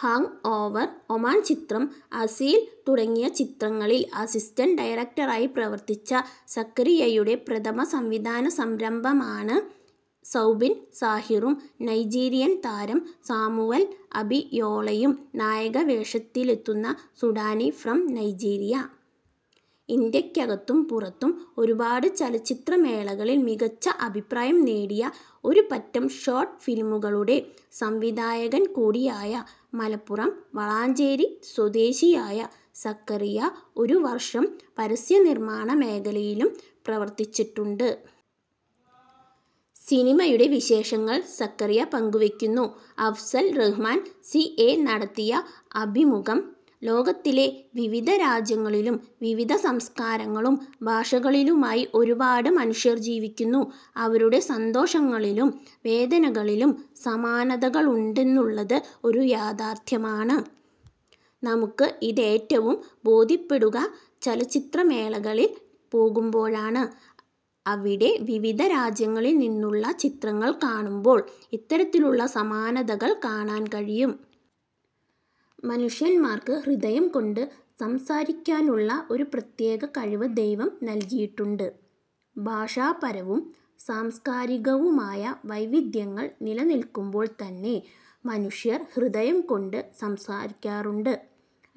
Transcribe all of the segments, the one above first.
"Hang over", Oman ചിത്രം "അസീൽ" തുടങ്ങിയ ചിത്രങ്ങളിൽ അസിസ്റ്റന്റ് ഡയറക്ടറായി പ്രവർത്തിച്ച സക്കരിയയുടെ പ്രഥമ സംവിധാന സംരംഭമാണ് സൌബിൻ സാഹിറും, നൈജീരിയൻ താരം സാമുവൽ അബിയോളയും നായക വേഷത്തിലെത്തുന്ന സുഡാനി ഫ്രം നൈജീരിയ. ഇന്ത്യക്കകത്തും പുറത്തും ഒരുപാട് ചലച്ചിത്രമേളകളിൽ മികച്ച അഭിപ്രായം നേടിയ ഒരു പറ്റം ഷോർട് ഫിലിമുകളുടെ സംവിധായകൻ കൂടിയായ മലപ്പുറം വളാഞ്ചേരി സ്വദേശിയായ സക്കരിയ ഒരു വർഷം പരസ്യനിർമാണ മേഖലയിലും പ്രവർത്തിച്ചിട്ടുണ്ട്. സിനിമയുടെ വിശേഷങ്ങൾ സക്കരിയ പങ്കുവയ്ക്കുന്നു. അഫ്സൽ റഹ്മാൻ സി എ നടത്തിയ അഭിമുഖം. ലോകത്തിലെ വിവിധ രാജ്യങ്ങളിലും വിവിധ സംസ്കാരങ്ങളും ഭാഷകളിലുമായി ഒരുപാട് മനുഷ്യർ ജീവിക്കുന്നു. അവരുടെ സന്തോഷങ്ങളിലും വേദനകളിലും സമാനതകളുണ്ടെന്നുള്ളത് ഒരു യാഥാർഥ്യമാണ്. നമുക്ക് ഇതേറ്റവും ബോധ്യപ്പെടുക ചലച്ചിത്ര മേളകളിൽ പോകുമ്പോഴാണ്. അവിടെ വിവിധ രാജ്യങ്ങളിൽ നിന്നുള്ള ചിത്രങ്ങൾ കാണുമ്പോൾ ഇത്തരത്തിലുള്ള സമാനതകൾ കാണാൻ കഴിയും. മനുഷ്യന്മാർക്ക് ഹൃദയം കൊണ്ട് സംസാരിക്കാനുള്ള ഒരു പ്രത്യേക കഴിവ് ദൈവം നൽകിയിട്ടുണ്ട്. ഭാഷാപരവും സാംസ്കാരികവുമായ വൈവിധ്യങ്ങൾ നിലനിൽക്കുമ്പോൾ തന്നെ മനുഷ്യർ ഹൃദയം കൊണ്ട് സംസാരിക്കാറുണ്ട്.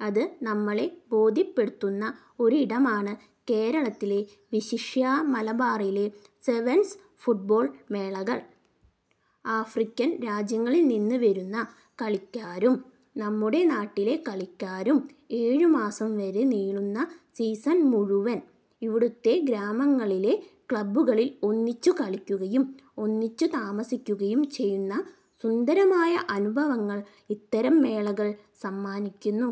അത് നമ്മളെ ബോധ്യപ്പെടുത്തുന്ന ഒരിടമാണ് കേരളത്തിലെ വിശിഷ്യാ മലബാറിലെ സെവൻസ് ഫുട്ബോൾ മേളകൾ. ആഫ്രിക്കൻ രാജ്യങ്ങളിൽ നിന്ന് വരുന്ന കളിക്കാരും നമ്മുടെ നാട്ടിലെ കളിക്കാരും ഏഴുമാസം വരെ നീളുന്ന സീസൺ മുഴുവൻ ഇവുടത്തെ ഗ്രാമങ്ങളിലെ ക്ലബുകളിൽ ഒന്നിച്ചു കളിക്കുകയും ഒന്നിച്ചു താമസിക്കുകയും ചെയ്യുന്ന സുന്ദരമായ അനുഭവങ്ങൾ ഇത്തരം മേളകൾ സമ്മാനിക്കുന്നു.